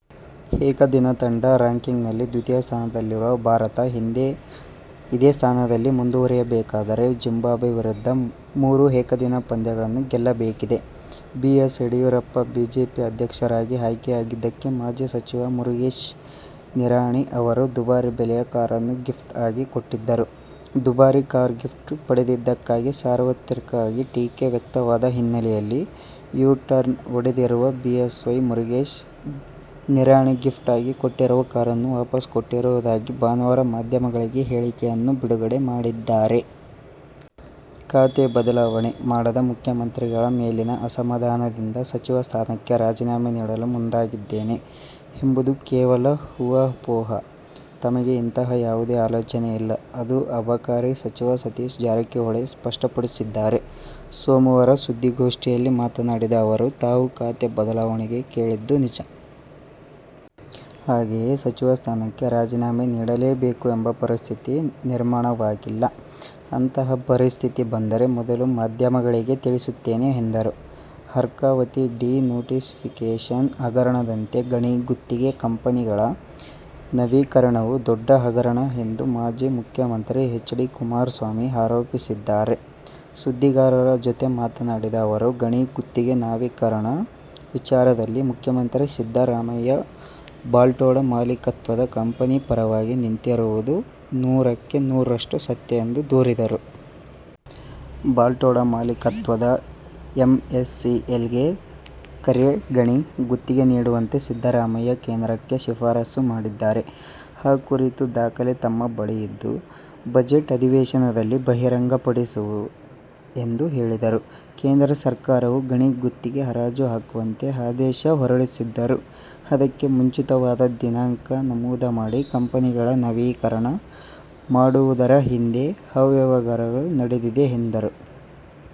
ಏಕದಿನ ತಂಡ ರಾಂಕಿಂಗ್ನಲ್ಲಿ ದ್ವಿತೀಯ ಸ್ಥಾನದಲ್ಲಿರುವ ಭಾರತ ಇದೇ ಸ್ಥಾನದಲ್ಲಿ ಮುಂದುವರಿಯಬೇಕಾದರೆ ಜಿಂಬಾಬ್ವೆ ವಿರುದ್ಧದ ಮೂರೂ ಏಕದಿನ ಪಂದ್ಯಗಳನ್ನು ಗೆಲ್ಲಬೇಕಿದೆ. ಬಿಎಸ್ ಯಡಿಯೂರಪ್ಪ ಬಿಜೆಪಿ ರಾಜ್ಯಾಧ್ಯಕ್ಷರಾಗಿ ಆಯ್ಕೆಯಾಗಿದ್ದಕ್ಕೆ ಮಾಜಿ ಸಚಿವ ಮುರುಗೇಶ್ ನಿರಾಣಿ ಅವರು ದುಬಾರಿ ಬೆಲೆಯ ಕಾರನ್ನು ಗಿಫ್ಟ್ ಆಗಿ ಕೊಟ್ಟಿದ್ದರು. ದುಬಾರಿ ಕಾರು ಗಿಫ್ಟ್ ಪಡೆದಿದ್ದಕ್ಕೆ ಸಾರ್ವತ್ರಿಕವಾಗಿ ಟೀಕೆ ವ್ಯಕ್ತವಾದ ಹಿನ್ನೆಲೆಯಲ್ಲಿ ಯೂ ಟರ್ನ್ ಹೊಡೆದಿರುವ B S Y Murugesh Nirani gift ಆಗಿ ಕೊಟ್ಟಿರುವ ಕಾರನ್ನು ವಾಪಸ್ ಕೊಟ್ಟಿರುವುದಾಗಿ ಭಾನುವಾರ ಮಾಧ್ಯಮಗಳಿಗೆ ಹೇಳಿಕೆಯನ್ನು ಬಿಡುಗಡೆ ಮಾಡಿದ್ದಾರೆ. ಖಾತೆ ಬದಲಾವಣೆ ಮಾಡದ ಮುಖ್ಯಮಂತ್ರಿಗಳ ಮೇಲಿನ ಅಸಮಾಧಾನದಿಂದ ಸಚಿವ ಸ್ಥಾನಕ್ಕೆ ರಾಜೀನಾಮೆ ನೀಡಲು ಮುಂದಾಗಿದ್ದೇನೆ ಎಂಬುದು ಕೇವಲ ಊಹಾಪೋಹ. ತಮಗೆ ಇಂತಹ ಯಾವುದೇ ಆಲೋಚನೆ ಇಲ್ಲ ಎಂದು ಅಬಕಾರಿ ಸಚಿವ ಸತೀಶ ಜಾರಕಿಹೊಳಿ ಸ್ಪಷ್ಟಪಡಿಸಿದ್ದಾರೆ. ಸೋಮವಾರ ಸುದ್ದಿಗೋಷ್ಠಿಯಲ್ಲಿ ಮಾತನಾಡಿದ ಅವರು, ತಾವು ಖಾತೆ ಬದಲಾವಣೆ ಕೇಳಿದ್ದು ನಿಜ. ಹಾಗೆಂದು ಸಚಿವ ಸ್ಥಾನಕ್ಕೆ ರಾಜೀನಾಮೆ ನೀಡಲೇಬೇಕು ಎಂಬ ಪರಿಸ್ಥಿತಿ ನಿರ್ಮಾಣವಾಗಿಲ್ಲ. ಅಂತಹ ಪರಿಸ್ಥಿತಿ ಬಂದರೆ ಮೊದಲು ಮಾಧ್ಯಮಗಳಿಗೇ ತಿಳಿಸುತ್ತೇನೆ ಎಂದರು. ಅರ್ಕಾವತಿ ಡಿ ನೋಟಿಫಿಕೇಷನ್ ಹಗರಣದಂತೆ ಗಣಿ ಗುತ್ತಿಗೆ ಕಂಪನಿಗಳ ನವೀಕರಣವೂ ದೊಡ್ಡ ಹಗರಣ ಎಂದು ಮಾಜಿ ಮುಖ್ಯಮಂತ್ರಿ ಎಚ್. ಡಿ. ಕುಮಾರಸ್ವಾಮಿ ಆರೋಪಿಸಿದ್ದಾರೆ. ಸುದ್ದಿಗಾರರ ಜತೆ ಮಾತನಾಡಿದ ಅವರು, ಗಣಿ ಗುತ್ತಿಗೆ ನವೀಕರಣ ವಿಚಾರದಲ್ಲಿ ಮುಖ್ಯಮಂತ್ರಿ ಸಿದ್ದರಾಮಯ್ಯ ಬಲ್ಡೋಟ ಮಾಲಿಕತ್ವದ ಕಂಪನಿ ಪರವಾಗಿ ನಿಂತಿರುವುದು ನೂರಕ್ಕೆ ನೂರರಷ್ಟು ಸತ್ಯ ಎಂದು ದೂರಿದರು. ಬಲ್ಡೋಟ ಮಾಲಿಕತ್ವದ ಎಂಎಸ್ಪಿಎಲ್ಗೆ ಎಕರೆ ಗಣಿ ಗುತ್ತಿಗೆ ನೀಡುವಂತೆ ಸಿದ್ದರಾಮಯ್ಯ ಕೇಂದ್ರಕ್ಕೆ ಶಿಫಾರಸು ಮಾಡಿದ್ದಾರೆ. ಆ ಕುರಿತ ದಾಖಲೆ ತಮ್ಮ ಬಳಿಯಿದ್ದು, ಬಜೆಟ್ ಅಧಿವೇಶನದಲ್ಲಿ ಬಹಿರಂಗಪಡಿಸುವೆ ಎಂದು ಹೇಳಿದರು. ಕೇಂದ್ರ ಸರ್ಕಾರವು ಗಣಿ ಗುತ್ತಿಗೆ ಹರಾಜು ಹಾಕುವಂತೆ ಆದೇಶ ಹೊರಡಿಸಿದ್ದರೂ ಅದಕ್ಕೆ ಮುಂಚಿತವಾದ ದಿನಾಂಕ ನಮೂದು ಮಾಡಿ ಕಂಪನಿಗಳ ನವೀಕರಣ ಮಾಡಿರುವುದರ ಹಿಂದೆ ಅವ್ಯವಹಾರ ನಡೆದಿದೆ ಎಂದರು.